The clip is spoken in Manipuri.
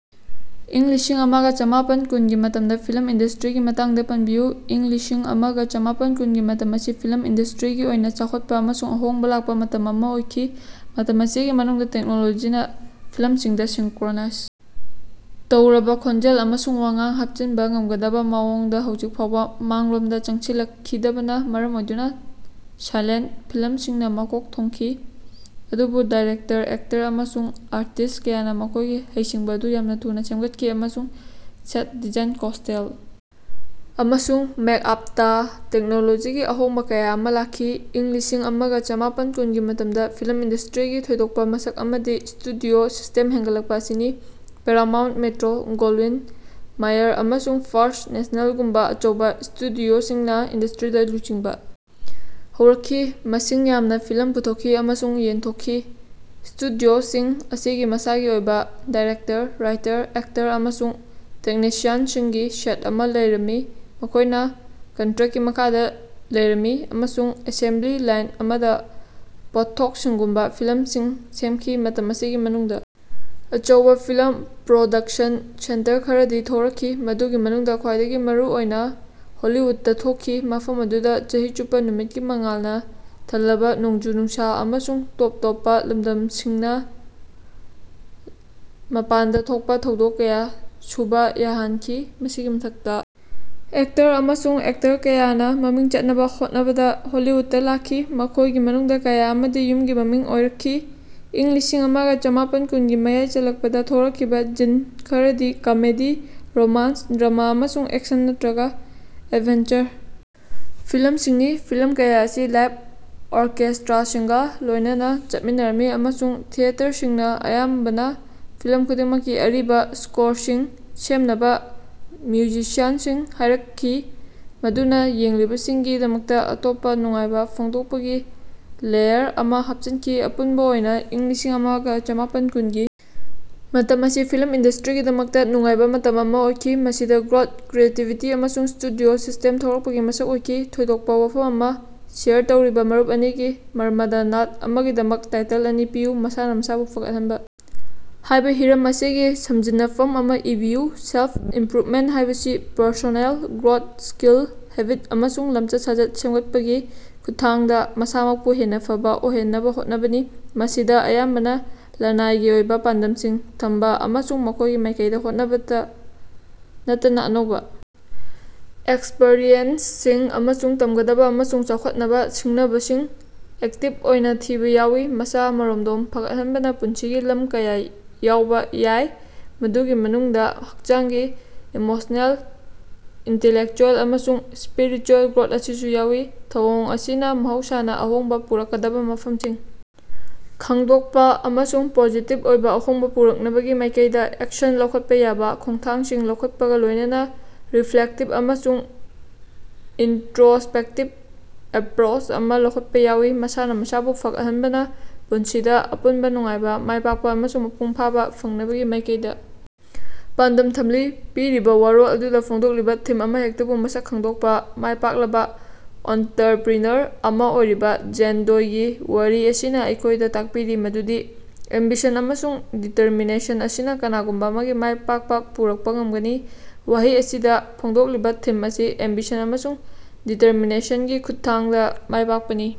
ꯏꯪ ꯂꯤꯁꯤꯡ ꯑꯃꯒ ꯆꯃꯥꯄꯟ ꯀꯨꯟꯒꯤ ꯃꯇꯝꯗ ꯐꯤꯂꯝ ꯏꯟꯗꯁ꯭ꯇꯔꯤꯒꯤ ꯃꯇꯥꯡꯗ ꯄꯟꯕꯤꯌꯨ꯫ ꯏꯪ ꯂꯤꯁꯤꯡ ꯑꯃꯒ ꯆꯃꯥꯄꯟ ꯀꯨꯟꯒꯤ ꯃꯇꯝ ꯑꯁꯤ ꯐꯤꯂꯝ ꯏꯟꯗꯁ꯭ꯇꯔꯤꯒꯤ ꯑꯣꯏꯅ ꯆꯥꯎꯈꯠꯄ ꯑꯃꯁꯨꯡ ꯑꯍꯣꯡꯕ ꯂꯥꯛꯄꯥ ꯃꯇꯝ ꯑꯃꯥ ꯑꯣꯏꯈꯤ꯫ ꯃꯇꯝ ꯑꯁꯤꯒꯤ ꯃꯅꯨꯡꯗꯥ ꯇꯦꯛꯅꯣꯂꯣꯖꯤꯅꯥ ꯐꯤꯂꯝꯁꯤꯡꯗ ꯁꯤꯡꯀꯔꯣꯅꯥꯏꯖ ꯇꯧꯔꯕꯥ ꯈꯣꯟꯖꯦꯜ ꯑꯃꯁꯨꯡ ꯋꯥꯉꯥꯡ ꯍꯥꯞꯆꯤꯟꯕꯥ ꯉꯝꯒꯗꯕꯥ ꯃꯑꯣꯡꯗꯥ ꯍꯧꯖꯤꯛ ꯐꯥꯎꯕ ꯃꯥꯡꯂꯣꯝꯗ ꯆꯪꯁꯤꯜꯂꯛꯈꯤꯗꯕꯅꯥ ꯃꯔꯝ ꯑꯣꯏꯗꯨꯅ ꯁꯥꯏꯂꯦꯟꯇ ꯐꯤꯂꯝꯁꯤꯡꯅꯥ ꯃꯀꯣꯛ ꯊꯣꯡꯈꯤ꯫ ꯑꯗꯨꯕꯨ ꯗꯥꯏꯔꯦꯛꯇꯔ, ꯑꯦꯛꯇꯔ ꯑꯃꯁꯨꯡ ꯑꯥꯔꯇꯤꯁ꯭ꯠ ꯀꯌꯥꯅꯥ ꯃꯈꯣꯏꯒꯤ ꯍꯩꯁꯤꯡꯕꯥ ꯑꯗꯨ ꯌꯥꯝꯅꯥ ꯊꯨꯅꯥ ꯁꯦꯝꯒꯠꯈꯤ, ꯑꯃꯁꯨꯡ ꯁꯦꯠ ꯗꯤꯖꯥꯏꯟ, ꯀꯣꯁ꯭ꯇꯦꯜ ꯑꯃꯁꯨꯡ ꯃꯦꯛꯑꯥꯞꯇꯥ ꯇꯦꯛꯅꯣꯂꯣꯖꯤꯒꯤ ꯑꯍꯣꯡꯕꯥ ꯀꯌꯥ ꯑꯃꯥ ꯂꯥꯛꯈꯤ꯫ ꯏꯪ ꯂꯤꯁꯤꯡ ꯑꯃꯒ ꯆꯃꯥꯄꯟ ꯀꯨꯟꯒꯤ ꯃꯇꯝꯗ ꯐꯤꯂꯝ ꯏꯟꯗꯁ꯭ꯇꯔꯤꯒꯤ ꯊꯣꯏꯗꯣꯛꯄꯥ ꯃꯁꯛ ꯑꯃꯗꯤ ꯁ꯭ꯇꯨꯗꯤꯑꯣ ꯁꯤꯁ꯭ꯇꯦꯝ ꯍꯦꯟꯒꯠꯂꯛꯄꯥ ꯑꯁꯤꯅꯤ꯫ ꯄꯦꯔꯥꯃꯥꯎꯟꯠ, ꯃ‌ꯦꯇꯔ‌ꯣ ꯒ‌ꯣꯜꯋꯤꯟ ꯃꯌꯔ ꯑꯃꯁꯨꯡ ꯐꯥꯔꯁ꯭ꯠ ꯅꯦꯁ꯭ꯅꯦꯜꯒꯨꯝꯕ ꯑꯆꯧꯕ ꯁ꯭ꯇꯨꯗꯤꯑꯣꯁꯤꯡꯅ ꯏꯟꯗꯁ꯭ꯇꯔꯤꯗꯥ ꯂꯨꯆꯤꯡꯕꯥ ꯍꯧꯔꯛꯈꯤ, ꯃꯁꯤꯡ ꯌꯥꯝꯅ ꯐꯤꯂꯝ ꯄꯨꯊꯣꯛꯈꯤ ꯑꯃꯁꯨꯡ ꯌꯦꯟꯊꯣꯛꯈꯤ꯫ ꯁ꯭ꯇꯨꯗꯤꯑꯣꯁꯤꯡ ꯑꯁꯤꯒꯤ ꯃꯁꯥꯒꯤ ꯑꯣꯏꯕꯥ ꯗꯥꯏꯔꯦꯛꯇꯔ, ꯔꯥꯏꯇꯔ, ꯑꯦꯛꯇꯔ ꯑꯃꯁꯨꯡ ꯇꯦꯛꯅꯤꯁꯤꯌꯟꯁꯤꯡꯒꯤ ꯁꯦꯠ ꯑꯃꯥ ꯂꯩꯔꯝꯃꯤ ꯃꯈꯣꯏꯅꯥ ꯀꯟꯇꯔꯦꯛꯀꯤ ꯃꯈꯥꯗꯥ ꯂꯩꯔꯝꯃꯤ ꯑꯃꯁꯨꯡ ꯑꯦꯁꯦꯝꯕꯂꯤ ꯂꯥꯏꯟ ꯑꯃꯗꯥ ꯄꯣꯠꯊꯣꯛꯁꯤꯡꯒꯨꯝꯕ ꯐꯤꯂꯝꯁꯤꯡ ꯁꯦꯝꯈꯤ꯫ ꯃꯇꯝ ꯑꯁꯤꯒꯤ ꯃꯅꯨꯡꯗꯥ ꯑꯆꯧꯕꯥ ꯐꯤꯂꯝ ꯄ꯭ꯔꯣꯗꯛꯁꯟ ꯁꯦꯟꯇꯔ ꯈꯔꯗꯤ ꯊꯣꯔꯛꯈꯤ, ꯃꯗꯨꯒꯤ ꯃꯅꯨꯡꯗ ꯈ꯭ꯋꯥꯏꯗꯒꯤ ꯃꯔꯨ ꯑꯣꯏꯅꯥ ꯍꯣꯂꯤꯋꯨꯗꯇꯥ ꯊꯣꯛꯈꯤ, ꯃꯐꯝ ꯑꯗꯨꯗꯥ ꯆꯍꯤ ꯆꯨꯞꯄꯥ ꯅꯨꯃꯤꯠꯀꯤ ꯃꯉꯥꯜꯅꯥ ꯊꯜꯂꯕꯥ ꯅꯣꯡꯖꯨ-ꯅꯨꯡꯁꯥ ꯑꯃꯁꯨꯡ ꯇꯣꯞ ꯇꯣꯞꯄꯥ ꯂꯝꯗꯝꯁꯤꯡꯅꯥ ꯃꯄꯥꯟꯗꯥ ꯊꯣꯛꯄꯥ ꯊꯧꯗꯣꯛ ꯀꯌꯥ ꯁꯨꯕꯥ ꯌꯥꯍꯟꯈꯤ꯫ ꯃꯁꯤꯒꯤ ꯃꯊꯛꯇꯥ, ꯑꯦꯛꯇꯔ ꯑꯃꯁꯨꯡ ꯑꯦꯛꯇꯔ ꯀꯌꯥꯅꯥ ꯃꯃꯤꯡ ꯆꯠꯅꯕ ꯍꯣꯠꯅꯕꯗ ꯍꯣꯂꯤꯋꯨꯗꯇꯥ ꯂꯥꯛꯈꯤ, ꯃꯈꯣꯏꯒꯤ ꯃꯅꯨꯡꯗ ꯀꯌꯥ ꯑꯃꯗꯤ ꯌꯨꯝꯒꯤ ꯃꯃꯤꯡ ꯑꯣꯏꯔꯛꯈꯤ꯫ ꯏꯪ ꯂꯤꯁꯤꯡ ꯑꯃꯒ ꯆꯃꯥꯄꯟ ꯀꯨꯟꯒꯤ ꯃꯌꯥꯏ ꯆꯜꯂꯛꯄꯗꯥ ꯊꯣꯔꯛꯈꯤꯕꯥ ꯖꯤꯟ ꯈꯔꯗꯤ ꯀꯃꯦꯗꯤ, ꯔꯣꯃꯥꯟꯁ, ꯗ꯭ꯔꯃꯥ, ꯑꯃꯁꯨꯡ ꯑꯦꯛꯁꯟ ꯅꯠꯇꯔꯒ ꯑꯦꯗꯚꯦꯟꯆꯔ ꯐꯤꯂꯝꯁꯤꯡꯅꯤ꯫ ꯐꯤꯂꯝ ꯀꯌꯥ ꯑꯁꯤ ꯂꯥꯏꯐ ꯑꯣꯔꯀꯦꯁ꯭ꯇꯔꯥꯁꯤꯡꯒꯥ ꯂꯣꯏꯅꯅꯥ ꯆꯠꯃꯤꯟꯅꯔꯝꯃꯤ, ꯑꯃꯁꯨꯡ ꯊꯤꯌꯦꯇꯔꯁꯤꯡꯅꯥ ꯑꯌꯥꯝꯕꯅ ꯐꯤꯂꯝ ꯈꯨꯗꯤꯡꯃꯛꯀꯤ ꯑꯔꯤꯕꯥ ꯁ꯭ꯀꯣꯔꯁꯤꯡ ꯁꯦꯝꯅꯕ ꯃ꯭ꯌꯨꯖꯤꯁꯤꯌꯥꯟꯁꯤꯡ ꯍꯥꯏꯔꯛꯈꯤ, ꯃꯗꯨꯅꯥ ꯌꯦꯡꯂꯤꯕꯁꯤꯡꯒꯤꯗꯃꯛꯇ ꯑꯇꯣꯞꯄ ꯅꯨꯡꯉꯥꯏꯕ ꯐꯣꯡꯗꯣꯛꯄꯒꯤ ꯂꯦꯌꯔ ꯑꯃꯥ ꯍꯥꯞꯆꯤꯟꯈꯤ꯫ ꯑꯄꯨꯟꯕ ꯑꯣꯏꯅꯥ, ꯏꯪ ꯂꯤꯁꯤꯡ ꯑꯃꯒ ꯆꯃꯥꯄꯟ ꯀꯨꯟꯒꯤ ꯃꯇꯝ ꯑꯁꯤ ꯐꯤꯂꯝ ꯏꯟꯗꯁ꯭ꯇꯔꯤꯒꯤꯗꯃꯛꯇ ꯅꯨꯡꯉꯥꯏꯕꯥ ꯃꯇꯝ ꯑꯃꯥ ꯑꯣꯏꯈꯤ, ꯃꯁꯤꯗꯥ ꯒ꯭ꯔꯣꯊ, ꯀ꯭ꯔꯤꯌꯦꯇꯤꯕꯤꯇꯤ ꯑꯃꯁꯨꯡ ꯁ꯭ꯇꯨꯗꯤꯑꯣ ꯁꯤꯁ꯭ꯇꯦꯝ ꯊꯣꯔꯛꯄꯒꯤ ꯃꯁꯛ ꯑꯣꯏꯈꯤ꯫ ꯊꯣꯏꯗꯣꯛꯄꯥ ꯋꯥꯐꯝ ꯑꯃꯥ ꯁꯦꯌꯔ ꯇꯧꯔꯤꯕꯥ ꯃꯔꯨꯞ ꯑꯅꯤꯒꯤ ꯃꯔꯃꯗꯥ ꯅꯥꯠ ꯑꯃꯒꯤꯗꯃꯛ ꯇꯥꯏꯇꯜ ꯑꯅꯤ ꯄꯤꯌꯨ꯫ ꯃꯁꯥꯅꯥ ꯃꯁꯥꯕꯨ ꯐꯒꯠꯍꯟꯕ ꯍꯥꯏꯕ ꯍꯤꯔꯝ ꯑꯁꯤꯒꯤ ꯁꯝꯖꯤꯟꯅꯐꯝ ꯑꯃꯥ ꯏꯕꯤꯌꯨ꯫ ꯁꯦꯜꯐ-ꯏꯝꯄ꯭ꯔꯨꯚꯃꯦꯟꯠ ꯍꯥꯏꯕꯁꯤ ꯄꯔꯁꯣꯅꯦꯜ ꯒ꯭ꯔꯣꯊ, ꯁ꯭ꯀꯤꯜ, ꯍꯦꯕꯤꯠ ꯑꯃꯁꯨꯡ ꯂꯝꯆꯠ-ꯁꯥꯖꯠ ꯁꯦꯝꯒꯠꯄꯒꯤ ꯈꯨꯠꯊꯥꯡꯗ ꯃꯁꯥꯃꯛꯄꯨ ꯍꯦꯟꯅ ꯐꯕ ꯑꯣꯏꯍꯟꯅꯕ ꯍꯣꯠꯅꯕꯅꯤ꯫ ꯃꯁꯤꯗꯥ ꯑꯌꯥꯝꯕꯅ ꯂꯅꯥꯏꯒꯤ ꯑꯣꯏꯕ ꯄꯥꯟꯗꯝꯁꯤꯡ ꯊꯝꯕꯥ ꯑꯃꯁꯨꯡ ꯃꯈꯣꯏꯒꯤ ꯃꯥꯏꯀꯩꯗ ꯍꯣꯠꯅꯕꯇ ꯅꯠꯇꯅ ꯑꯅꯧꯕꯥ ꯑꯦꯛꯁꯄꯔꯤꯌꯦꯟꯁꯁꯤꯡ ꯑꯃꯁꯨꯡ ꯇꯝꯒꯗꯕ ꯑꯃꯁꯨꯡ ꯆꯥꯎꯈꯠꯅꯕ ꯁꯤꯡꯅꯕꯁꯤꯡ ꯑꯦꯛꯇꯤꯕ ꯑꯣꯏꯅ ꯊꯤꯕ ꯌꯥꯎꯏ꯫ ꯃꯁꯥ-ꯃꯔꯣꯝꯗꯣꯝ ꯐꯒꯠꯍꯟꯕꯅ ꯄꯨꯟꯁꯤꯒꯤ ꯂꯝ ꯀꯌꯥ ꯌꯥꯎꯕꯥ ꯌꯥꯏ, ꯃꯗꯨꯒꯤ ꯃꯅꯨꯡꯗ ꯍꯛꯆꯥꯡꯒꯤ, ꯏꯃꯣꯁꯅꯦꯜ, ꯏꯟꯇꯦꯂꯦꯛꯆꯨꯑꯦꯜ ꯑꯃꯁꯨꯡ ꯁ꯭ꯄꯤꯔꯤꯆꯨꯑꯦꯜ ꯒ꯭ꯔꯣꯊ ꯑꯁꯤꯁꯨ ꯌꯥꯎꯏ꯫ ꯊꯧꯑꯣꯡ ꯑꯁꯤꯅꯥ ꯃꯍꯧꯁꯥꯅꯥ ꯑꯍꯣꯡꯕꯥ ꯄꯨꯔꯛꯀꯗꯕꯥ ꯃꯐꯝꯁꯤꯡ ꯈꯪꯗꯣꯛꯄꯥ ꯑꯃꯁꯨꯡ ꯄꯣꯖꯤꯇꯤꯕ ꯑꯣꯏꯕ ꯑꯍꯣꯡꯕ ꯄꯨꯔꯛꯅꯕꯒꯤ ꯃꯥꯏꯀꯩꯗꯥ ꯑꯦꯛꯁꯟ ꯂꯧꯈꯠꯄ ꯌꯥꯕ ꯈꯣꯡꯊꯥꯡꯁꯤꯡ ꯂꯧꯈꯠꯄꯒ ꯂꯣꯏꯅꯅꯥ ꯔꯤꯐ꯭ꯂꯦꯛꯇꯤꯕ ꯑꯃꯁꯨꯡ ꯏꯟꯇꯔꯣꯁ꯭ꯄꯦꯛꯇꯤꯕ ꯑꯦꯄꯔꯣꯆ ꯑꯃꯥ ꯂꯧꯈꯠꯄ ꯌꯥꯎꯏ꯫ ꯃꯁꯥꯅꯥ ꯃꯁꯥꯕꯨ ꯐꯒꯠꯍꯟꯕꯅꯥ ꯄꯨꯟꯁꯤꯗꯥ ꯑꯄꯨꯟꯕ ꯅꯨꯡꯉꯥꯏꯕꯥ, ꯃꯥꯏ ꯄꯥꯛꯄꯥ ꯑꯃꯁꯨꯡ ꯃꯄꯨꯡ ꯐꯥꯕꯥ ꯐꯪꯅꯕꯒꯤ ꯃꯥꯏꯀꯩꯗꯥ ꯄꯥꯟꯗꯝ ꯊꯝꯂꯤ꯫ ꯄꯤꯔꯤꯕꯥ ꯋꯥꯔꯣꯜ ꯑꯗꯨꯗ ꯐꯣꯡꯗꯣꯛꯂꯤꯕꯥ ꯊꯤꯝ ꯑꯃꯍꯦꯛꯇꯕꯨ ꯃꯁꯛ ꯈꯪꯗꯣꯛꯄꯥ꯫ ꯃꯥꯏ ꯄꯥꯛꯂꯕꯥ ꯑꯣꯟꯇꯔꯄꯔꯤꯅꯔ ꯑꯃꯥ ꯑꯣꯏꯔꯤꯕꯥ ꯖꯦꯟ ꯗꯣꯏꯒꯤ ꯋꯥꯔꯤ ꯑꯁꯤꯅ ꯑꯩꯈꯣꯏꯗ ꯇꯥꯛꯄꯤꯔꯤ ꯃꯗꯨꯗꯤ ꯑꯦꯝꯕꯤꯁꯟ ꯑꯃꯁꯨꯡ ꯗꯤꯇꯔꯃꯤꯅꯦꯁꯟ ꯑꯁꯤꯅ ꯀꯅꯥꯒꯨꯝꯕ ꯑꯃꯒꯤ ꯃꯥꯏꯄꯥꯛꯄ ꯄꯨꯔꯛꯄ ꯉꯝꯒꯅꯤ꯫ ꯋꯥꯍꯩ ꯑꯁꯤꯗ ꯐꯣꯡꯗꯣꯛꯂꯤꯕꯥ ꯊꯤꯝ ꯑꯁꯤ ꯑꯦꯝꯕꯤꯁꯟ ꯑꯃꯁꯨꯡ ꯗꯤꯇꯔꯃꯤꯅꯦꯁꯟꯒꯤ ꯈꯨꯠꯊꯥꯡꯗ ꯃꯥꯏ ꯄꯥꯛꯄꯅꯤ꯫